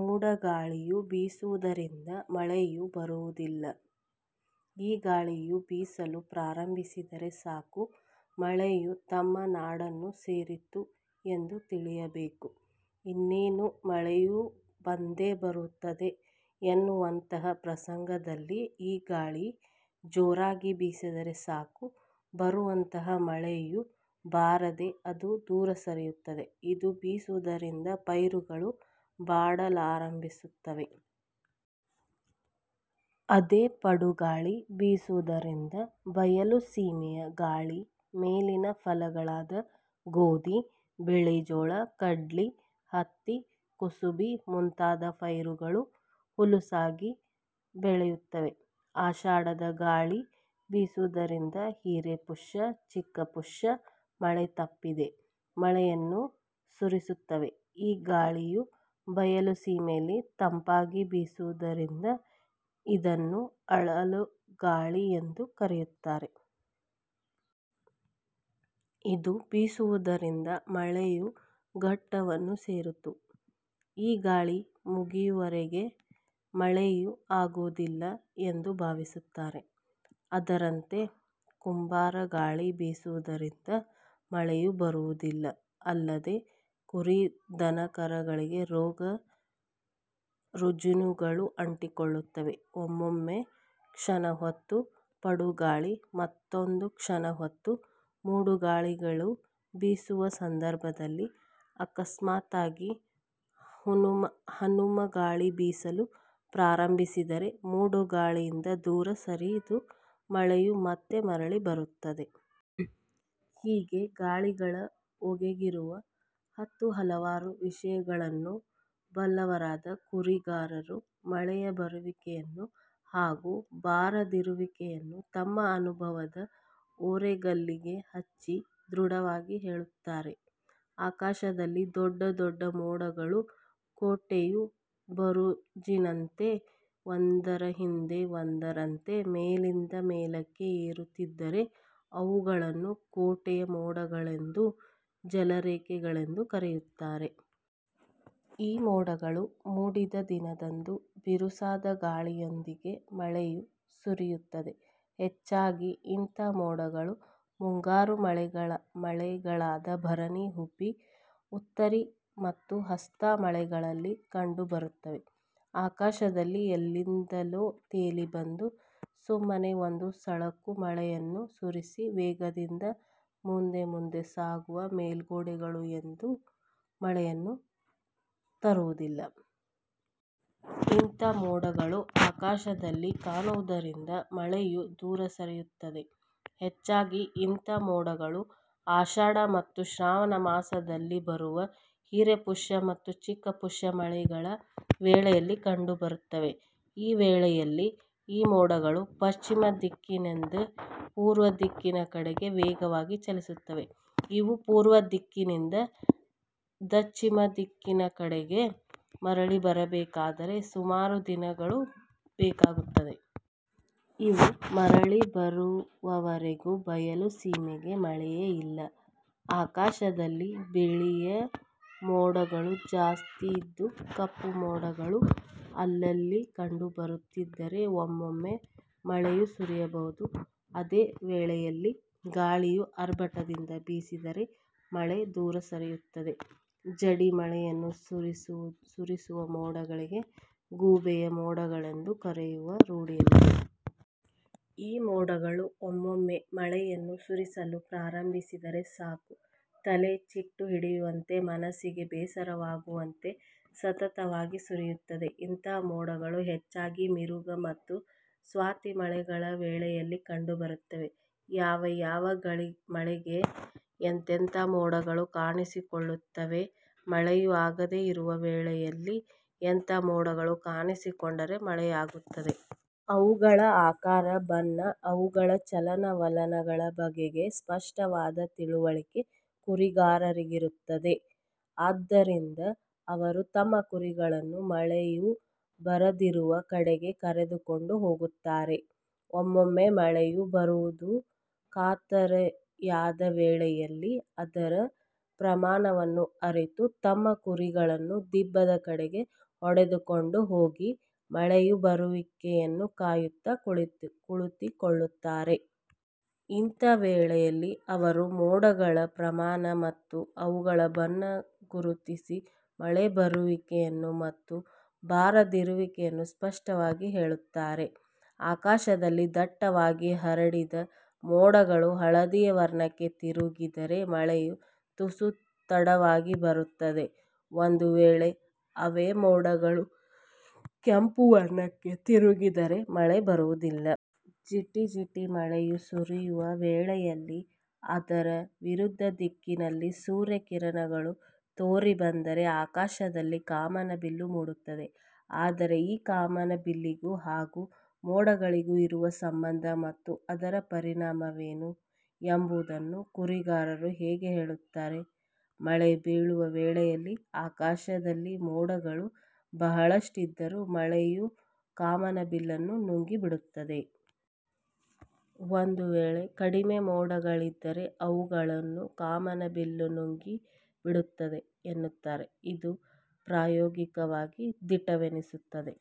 ಮೂಡಗಾಳಿ ಬೀಸುವುದರಿಂದ ಮಳೆಯು ಬರುವುದಿಲ್ಲ. ಈ ಗಾಳಿಯು ಬೀಸಲು ಪ್ರಾರಂಭಿಸಿದರೆ ಸಾಕು ಮಳೆಯು ತಮ್ಮ ನಾಡನ್ನು ಸೇರಿತು ಎಂದು ತಿಳಿಯಬೇಕು. ಇನ್ನೇನು ಮಳೆಯು ಬಂದೇ ಬರುತ್ತದೆ ಎನ್ನುವಂತಹ ಪ್ರಸಂಗದಲ್ಲಿ ಈ ಗಾಳಿ ಜೋರಾಗಿ ಬೀಸಿದರೆ ಸಾಕು ಬರುವಂತಹ ಮಳೆಯು ಬಾರದೆ ಅದು ದೂರ ಸರಿಯುತ್ತದೆ. ಇದು ಬೀಸುವುದರಿಂದ ಪೈರುಗಳು ಬಾಡಲಾರಂಭಿಸುತ್ತವೆ. ಅದೆ ಪಡುಗಾಳಿ ಬೀಸುವುದರಿಂದ ಬಯಲು ಸೀಮೆಯ ಗಾಳಿ ಮೇಲಿನ ಫಲಗಳಾದ ಗೋಧಿ, ಬಿಳಿಜೋಳ, ಕಡ್ಲಿ, ಹತ್ತಿ, ಕುಸುಬಿ ಮುಂತಾದ ಪೈರುಗಳು ಹುಲುಸಾಗಿ ಬೆಳೆಯುತ್ತವೆ. ಆಷಾಢದ ಗಾಳಿ ಬೀಸುವುದರಿಂದ ಹಿರಪುಷ್ಯ, ಚಿಕಪುಷ್ಯ ಮಳೆ ತಪ್ಪದೆ ಮಳೆಯನ್ನು ಸುರಿಸುತ್ತವೆ. ಈ ಗಾಳಿಯು ಬಯಲು ಸೀಮೆಯಲ್ಲಿ ತಂಪಾಗಿ ಬೀಸುವುದರಿಂದ ಇದನ್ನು ಅಳಲಗಾಳಿ ಎಂದು ಕರೆಯುತ್ತಾರೆ. ಇದು ಬೀಸುವುದರಿಂದ ಮಳೆಯು ಘಟ್ಟವನ್ನು ಸೇರಿತು; ಈ ಗಾಳಿ ಮುಗಿಯುವವರೆಗೆ ಮಳೆಯು ಆಗುವುದಿಲ್ಲ ಎಂದು ಬಾವಿಸುತ್ತಾರೆ. ಅದರಂತೆ ಕುಂಬಾರಗಾಳಿ ಬೀಸುವುದರಿಂದ ಮಳೆಯು ಬರುವುದಿಲ್ಲ ಅಲ್ಲದೆ ಕುರಿ-ದನಕರುಗಳಿಗೆ ರೋಗರುಜಿನಗಳು ಅಂಟಿಕೊಳ್ಳುತ್ತವೆ. ಒಮ್ಮೊಮ್ಮೆ ಕ್ಷಣ ಹೊತ್ತು ಪಡುಗಾಳಿ ಮತ್ತೊಂದು ಕ್ಷಣ ಹೊತ್ತು ಮೋಡಗಾಳಿಗಳು ಬೀಸುವ ಸಂದರ್ಭದಲ್ಲಿ ಅಕಸ್ಮಾತಾಗಿ ಹನುಮಗಾಳಿ ಬೀಸಲು ಪ್ರಾರಂಬಿಸಿದರೆ ಮೂಡಗಾಳಿಯಿಂದ ದೂರ ಸರಿದ ಮಳೆಯು ಮತ್ತೆ ಮರಳಿ ಬರುತ್ತದೆ. ಹೀಗೆ ಗಾಳಿಗಳ ಬಗೆಗಿರುವ ಹತ್ತು ಹಲವಾರು ವಿಷಯಗಳನ್ನು ಬಲ್ಲವರಾದ ಕುರಿಗಾರರು ಮಳೆಯ ಬರುವಿಕೆಯನ್ನು ಹಾಗೂ ಬಾರದಿರುವಿಕೆಯನ್ನು ತಮ್ಮ ಅನುಭವದ ಒರೆಗಲ್ಲಿಗೆ ಹಚ್ಚಿ ದೃಢವಾಗಿ ಹೇಳುತ್ತಾರೆ. ಆಕಾಶದಲ್ಲಿ ದೊಡ್ಡ ದೊಡ್ಡ ಮೋಡಗಳು ಕೋಟೆಯ ಬುರುಜಿನಂತೆ ಒಂದರ ಹಿಂದೆ ಒಂದರಂತೆ ಮೇಲಿಂದ ಮೇಲಕ್ಕೆ ಏರುತ್ತಿದ್ದರೆ ಅವುಗಳನ್ನು ಕೋಟೆಯ ಮೋಡಗಳೆಂದು, ಜಲರೇಖೆಗಳೆಂದು ಕರೆಯುತ್ತಾರೆ. ಈ ಮೋಡಗಳು ಮೂಡಿದ ದಿನದಂದು ಬಿರುಸಾದ ಗಾಳಿಯೊಂದಿಗೆ ಮಳೆಯು ಸುರಿಯುತ್ತದೆ. ಹೆಚ್ಚಾಗಿ ಇಂಥ ಮೋಡಗಳು ಮುಂಗಾರು ಮಳೆಗಳಾದ ಭರಣಿ, ಹುಬ್ಬಿ, ಉತ್ತರಿ ಮತ್ತು ಹಸ್ತಾ ಮಳೆಗಳಲ್ಲಿ ಕಂಡು ಬರುತ್ತವೆ. ಆಕಾಶದಲ್ಲಿ ಎಲ್ಲಿಂದಲೋ ತೇಲಿ ಬಂದು ಸುಮ್ಮನೆ ಒಂದು ಸಳಕು ಮಳೆಯನ್ನು ಸುರಿಸಿ ವೇಗದಿಂದ ಮುಂದೆ ಮುಂದೆ ಸಾಗುವ ಮೇಲ್ಮೋಡಗಳು ಎಂದೂ ಮಳೆಯನ್ನು ತರುವುದಿಲ್ಲ. ಇಂಥ ಮೋಡಗಳು ಆಕಾಶದಲ್ಲಿ ಕಾಣುವುದರಿಂದ ಮಳೆಯು ದೂರ ಸರಿಯುತ್ತದೆ. ಹೆಚ್ಚಾಗಿ ಇಂಥ ಮೋಡಗಳು ಆಷಾಢ ಮತ್ತು ಶ್ರಾವಣ ಮಾಸದಲ್ಲಿ ಬರುವ ಹಿರಪುಷ್ಯ ಮತ್ತು ಚಿಕಪುಷ್ಯ ಮಳೆಗಳ ವೇಳೆಯಲ್ಲಿ ಕಂಡುಬರುತ್ತವೆ. ಈ ವೇಳೆಯಲ್ಲಿ ಈ ಮೋಡಗಳು ಪಶ್ಚಿಮ ದಿಕ್ಕಿನೆಂದ ಪೂರ್ವದಿಕ್ಕಿನ ಕಡೆಗೆ ವೇಗವಾಗಿ ಚಲಿಸುತ್ತವೆ. ಇವು ಪೂರ್ವ ದಿಕ್ಕಿನಿಂದ ದಶ್ಚಿಮ ದಿಕ್ಕಿನ ಕಡೆಗೆ ಮರಳಿ ಬರಬೇಕಾದರೆ ಸುಮಾರು ದಿನಗಳು ಬೇಕಾಗುತ್ತವೆ. ಇವು ಮರಳಿ ಬರುವವರೆಗೂ ಬಯಲು ಸೀಮೆಗೆ ಮಳೆಯೇ ಇಲ್ಲ. ಆಕಾಶದಲ್ಲಿ ಬಿಳಿಯ ಮೋಡಗಳು ಜಾಸ್ತಿ ಇದ್ದು ಕಪ್ಪು ಮೋಡಗಳು ಅಲ್ಲಲ್ಲಿ ಕಂಡು ಬರುತ್ತಿದ್ದರೆ ಒಮ್ಮೊಮ್ಮೆ ಮಳೆಯು ಸುರಿಯಬಹುದು. ಅದೇ ವೇಳೆಯಲ್ಲಿ ಗಾಳಿಯು ಆರ್ಭಟದಿಂದ ಬೀಸಿದರೆ ಮಳೆ ದೂರ ಸರಿಯುತ್ತದೆ. ಜಡಿಮಳೆಯನ್ನು ಸುರಿಸುವ ಮೋಡಗಳಿಗೆ ಗೂಬೆಯ ಮೋಡಗಳೆಂದು ಕರೆಯುವುದು ರೂಢಿಯಲ್ಲಿದೆ. ಈ ಮೋಡಗಳು ಒಮ್ಮೊಮ್ಮೆ ಮಳೆಯನ್ನು ಸುರಿಸಲು ಪ್ರಾರಂಭಿಸಿದರೆ ಸಾಕು ತೆಲೆ ಚಿಟ್ಟು ಹಿಡಿಯುವಂತೆ ಮನಸ್ಸಿಗೆ ಬೇಸರವಾಗುವಂತೆ ಸತತವಾಗಿ ಸುರಿಯುತ್ತದೆ. ಇಂಥ ಮೋಡಗಳು ಹೆಚ್ಚಾಗಿ ಮಿರಗ ಮತ್ತು ಸ್ವಾತಿ ಮಳೆಗಳ ವೇಳೆಯಲ್ಲಿ ಕಂಡುಬರುತ್ತವೆ. ಯಾವ ಯಾವ ಮಳೆಗಳಿಗೆ ಎಂತೆಂಥ ಮೋಡಗಳು ಕಾಣಿಸಿಕೊಳ್ಳುತ್ತವೆ. ಮಳೆಯು ಆಗದೆ ಇರುವ ವೇಳೆಯಲ್ಲಿ ಎಂಥ ಮೋಡಗಳು ಕಾಣಿಸಿಕೊಂಡರೆ ಮಳೆ ಆಗುತ್ತದೆ. ಅವುಗಳ ಆಕಾರ, ಬಣ್ಣ, ಅವುಗಳ ಚಲನವಲನಗಳ ಬಗೆಗೆ ಸ್ಪಷ್ಟವಾದ ತಿಳುವಳಿಕೆ ಕುರಿಗಾರರಿಗಿರುತ್ತದೆ. ಆದ್ದರಿಂದ ಅವರು ತಮ್ಮ ಕುರಿಗಳನ್ನು ಮಳೆಯು ಬರದಿರುವ ಕಡೆಗೆ ಹೊಡೆದುಕೊಂಡು ಹೋಗುತ್ತಾರೆ. ಒಮ್ಮೊಮ್ಮೆ ಮಳೆಯು ಬರುವುದು ಕಾತರಿಯಾದ ವೇಳೆಯಲ್ಲಿ ಅದರ ಪ್ರಮಾಣವನ್ನು ಅರಿತು ತಮ್ಮ ಕುರಿಗಳನ್ನು ದಿಬ್ಬದ ಕಡೆಗೆ ಹೊಡಿದುಕೊಂಡು ಹೋಗಿ ಮಳೆಯ ಬರುವಿಕೆಯನ್ನು ಕಾಯುತ್ತ ಕುಳಿತುಕೊಳ್ಳುತ್ತಾರೆ. ಇಂಥ ವೇಳೆಯಲ್ಲಿ ಅವರು ಮೋಡಗಳ ಪ್ರಮಾಣ ಮತ್ತು ಅವುಗಳ ಬಣ್ಣವನ್ನು ಗುರುತಿಸಿ ಮಳೆಯ ಬರುವಿಕೆಯನ್ನು ಮತ್ತು ಬಾರದಿರುವಿಕೆಯನ್ನು ಸ್ಪಷ್ಟವಾಗಿ ಹೇಳುತ್ತಾರೆ. ಆಕಾಶದಲ್ಲಿ ದಟ್ಟವಾಗಿ ಹರಡಿದ ಮೋಡಗಳು ಹಳದಿಯ ವರ್ಣಕ್ಕೆ ತಿರುಗಿದರೆ ಮಳೆಯು ತುಸು ತಡವಾಗಿ ಬರುತ್ತದೆ. ಒಂದು ವೇಳೆ ಅವೆ ಮೋಡಗಳು ಕೆಂಪು ವರ್ಣಕ್ಕೆ ತಿರುಗಿದರೆ ಮಳೆಯು ಬರುವುದಿಲ್ಲ. ಜಿಟಿ-ಜಿಟಿ ಮಳೆಯು ಸುರಿಯುವ ವೇಳೆಯಲ್ಲಿ ಅದರ ವಿರುದ್ಧ ದಿಕ್ಕಿನಲ್ಲಿ ಸೂರ್ಯ ಕಿರಣಗಳು ತೂರಿ ಬಂದರೆ ಆಕಾಶದಲ್ಲಿ ಕಾಮನಬಿಲ್ಲು ಮೂಡುತ್ತದೆ. ಆದರೆ ಈ ಕಾಮನಬಿಲ್ಲಿಗೂ ಹಾಗೂ ಮೋಡಗಳಿಗೂ ಇರುವ ಸಂಬಂಧ ಮತ್ತು ಅದರ ಪರಿಣಾಮವೇನು? ಎಂಬುದನ್ನು ಕುರಿಗಾರರು ಹೀಗೆ ಹೇಳುತ್ತಾರೆ. 'ಮಳೆ ಬೀಳುವ ವೇಳೆಯಲ್ಲಿ ಆಕಾಶದಲ್ಲಿ ಮೋಡಗಳು ಬಹಳಷ್ಟಿದ್ದರೂ ಮಳೆಯೇ ಕಾಮನಬಿಲ್ಲನ್ನು ನುಂಗಿ ಬಿಡುತ್ತದೆ. ಒಂದು ವೇಳೆ ಕಡಿಮೆ ಮೋಡಗಳಿದ್ದರೆ ಅವುಗಳನ್ನು ಕಾಮನಬಿಲ್ಲು ನುಂಗಿ ಬಿಡುತ್ತದೆ' ಎನ್ನುತ್ತಾರೆ. ಇದು ಪ್ರಾಯೋಗಿಕವಾಗಿ ದಿಟವೆನಿಸುತ್ತದೆ.